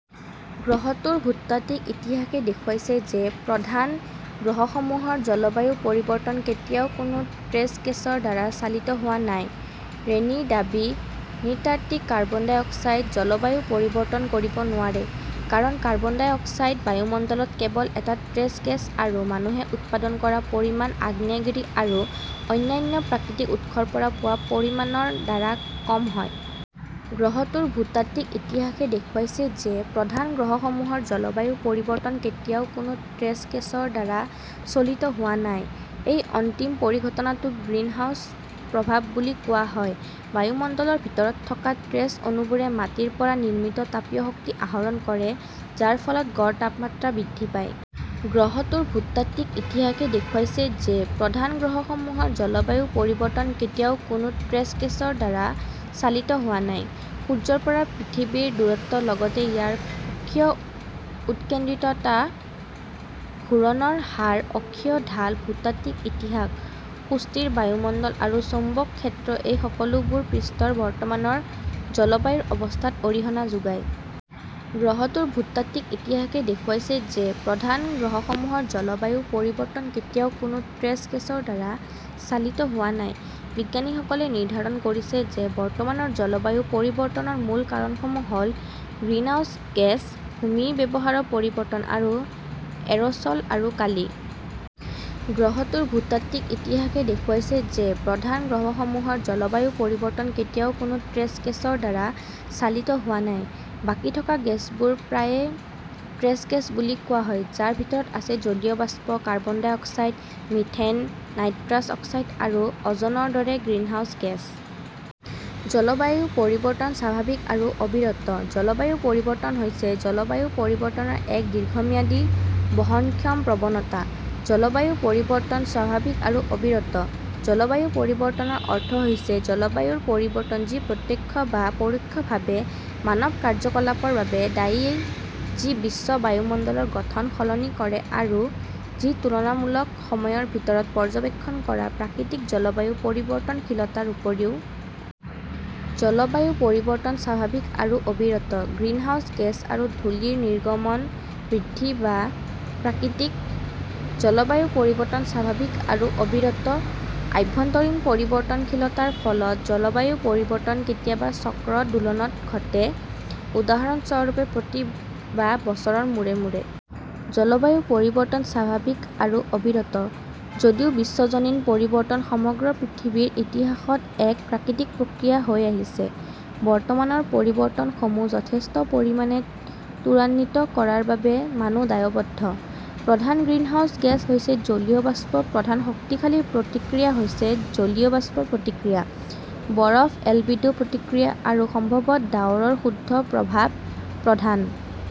গ্ৰহটোৰ ভূতাত্ত্বিক ইতিহাসে দেখুৱাইছে যে প্ৰধান গ্ৰহসমূহৰ জলবায়ু পৰিৱৰ্তন কেতিয়াও কোনো ট্ৰেছ গেছৰ দ্বাৰা চালিত হোৱা নাই। ৰেনী: "দাবী: নৃতাত্ত্বিক কাৰ্বন ডাই অক্সাইড জলবায়ু পৰিৱৰ্তন কৰিব নোৱাৰে, কাৰণ কাৰ্বন ডাই অক্সাইড বায়ুমণ্ডলত কেৱল এটা ট্ৰেছ গেছ আৰু মানুহে উৎপাদন কৰা পৰিমাণ আগ্নেয়গিৰি আৰু অন্যান্য প্ৰাকৃতিক উৎসৰ পৰা পোৱা পৰিমাণৰ দ্বাৰা কম হয়। গ্ৰহটোৰ ভূতাত্ত্বিক ইতিহাসে দেখুৱাইছে যে প্ৰধান গ্ৰহসমূহৰ জলবায়ু পৰিৱৰ্তন কেতিয়াও কোনো ট্ৰেছ গেছৰ দ্বাৰা চালিত হোৱা নাই। এই অন্তিম পৰিঘটনাটোক গ্ৰীণহাউছ প্ৰভাৱ বুলি কোৱা হয়ঃ বায়ুমণ্ডলৰ ভিতৰত থকা ট্ৰেছ অণুবোৰে মাটিৰ পৰা নিৰ্মিত তাপীয় শক্তি আহৰণ কৰে, যাৰ ফলত গড় তাপমাত্ৰা বৃদ্ধি পায়। গ্ৰহটোৰ ভূতাত্ত্বিক ইতিহাসে দেখুৱাইছে যে প্ৰধান গ্ৰহসমূহৰ জলবায়ু পৰিৱৰ্তন কেতিয়াও কোনো ট্ৰেছ গেছৰ দ্বাৰা চালিত হোৱা নাই। সূৰ্যৰ পৰা পৃথিৱীৰ দূৰত্বৰ লগতে ইয়াৰ কক্ষীয় উৎকেন্দ্ৰিকতা, ঘূৰণৰ হাৰ, অক্ষীয় ঢাল, ভূতাত্ত্বিক ইতিহাস, সুস্থিৰ বায়ুমণ্ডল আৰু চৌম্বক ক্ষেত্ৰ এই সকলোবোৰে পৃষ্ঠৰ বৰ্তমানৰ জলবায়ুৰ অৱস্থাত অৰিহণা যোগায়। গ্ৰহটোৰ ভূতাত্ত্বিক ইতিহাসে দেখুৱাইছে যে প্ৰধান গ্ৰহসমূহৰ জলবায়ু পৰিৱৰ্তন কেতিয়াও কোনো ট্ৰেছ গেছৰ দ্বাৰা চালিত হোৱা নাই। বিজ্ঞানীসকলে নিৰ্ধাৰণ কৰিছে যে বৰ্তমানৰ জলবায়ু পৰিৱৰ্তনৰ মূল কাৰকসমূহ হ "ল গ্ৰীণহাউচ গেছ, ভূমি ব্যৱহাৰৰ পৰিৱৰ্তন, আৰু এৰ" ছল আৰু কালি। গ্ৰহটোৰ ভূতাত্ত্বিক ইতিহাসে দেখুৱাইছে যে প্ৰধান গ্ৰহসমূহৰ জলবায়ু পৰিৱৰ্তন কেতিয়াও কোনো ট্ৰেছ গেছৰ দ্বাৰা চালিত হোৱা নাই। বাকী থকা গেছবোৰক প্ৰায়ে ট্ৰেছ গেছ বুলি কোৱা হয়, যাৰ ভিতৰত আছে জলীয় বাষ্প, carbon dioxide, methane, nitrous oxide আৰু অ 'জনৰ দৰে গ্ৰীণহাউচ গেছ। জলবায়ু পৰিৱৰ্তন স্বাভাৱিক আৰু অবিৰত। জলবায়ু পৰিৱৰ্তন হৈছে জলবায়ু পৰিৱৰ্তনৰ এক দীৰ্ঘম্যাদী, বহনক্ষম প্ৰৱণতা। জলবায়ু পৰিৱৰ্তন স্বাভাৱিক আৰু অবিৰত। জলবায়ু পৰিৱৰ্তনৰ অৰ্থ হৈছে জলবায়ুৰ পৰিৱৰ্তন যি প্ৰত্যক্ষ বা পৰোক্ষভাৱে মানৱ কাৰ্যকলাপৰ বাবে দায়ী যি বিশ্ব বায়ুমণ্ডলৰ গঠন সলনি কৰে আৰু যি তুলনামূলক সময়ৰ ভিতৰত পৰ্যবেক্ষণ কৰা প্ৰাকৃতিক জলবায়ু পৰিৱৰ্তনশীলতাৰ উপৰিও। জলবায়ু পৰিৱৰ্তন স্বাভাৱিক আৰু অবিৰত। গ্ৰিনহাউস গেছ আৰু ধূলিৰ নিৰ্গমন বৃদ্ধি বা প্ৰাকৃতিক। জলবায়ু পৰিৱৰ্তন স্বাভাৱিক আৰু অবিৰত। আভ্যন্তৰীণ পৰিৱৰ্তনশীলতাৰ ফলত জলবায়ু পৰিৱৰ্তন কেতিয়াবা চক্ৰ বা দোলনত ঘটে, উদাহৰণস্বৰূপে প্ৰতি বা বছৰৰ মূৰে মূৰে। জলবায়ু পৰিৱৰ্তন স্বাভাৱিক আৰু অবিৰত। যদিও বিশ্বজনীন পৰিৱৰ্তন সমগ্ৰ পৃথিৱীৰ ইতিহাসত এক প্ৰাকৃতিক প্ৰক্ৰিয়া হৈ আহিছে, বৰ্তমানৰ পৰিৱৰ্তনসমূহ যথেষ্ট পৰিমাণে ত্বৰান্বিত কৰাৰ বাবে মানুহ দায়বদ্ধ। প্ৰধান গ্ৰীণহাউস গেছ হৈছে জলীয় বাষ্প প্ৰধান শক্তিশালী প্ৰতিক্ৰিয়া হৈছে জলীয় বাষ্পৰ প্ৰতিক্ৰিয়া, বৰফ-এলবিডো প্ৰতিক্ৰিয়া, আৰু সম্ভৱতঃ ডাৱৰৰ শুদ্ধ প্ৰভাৱ। প্ৰধান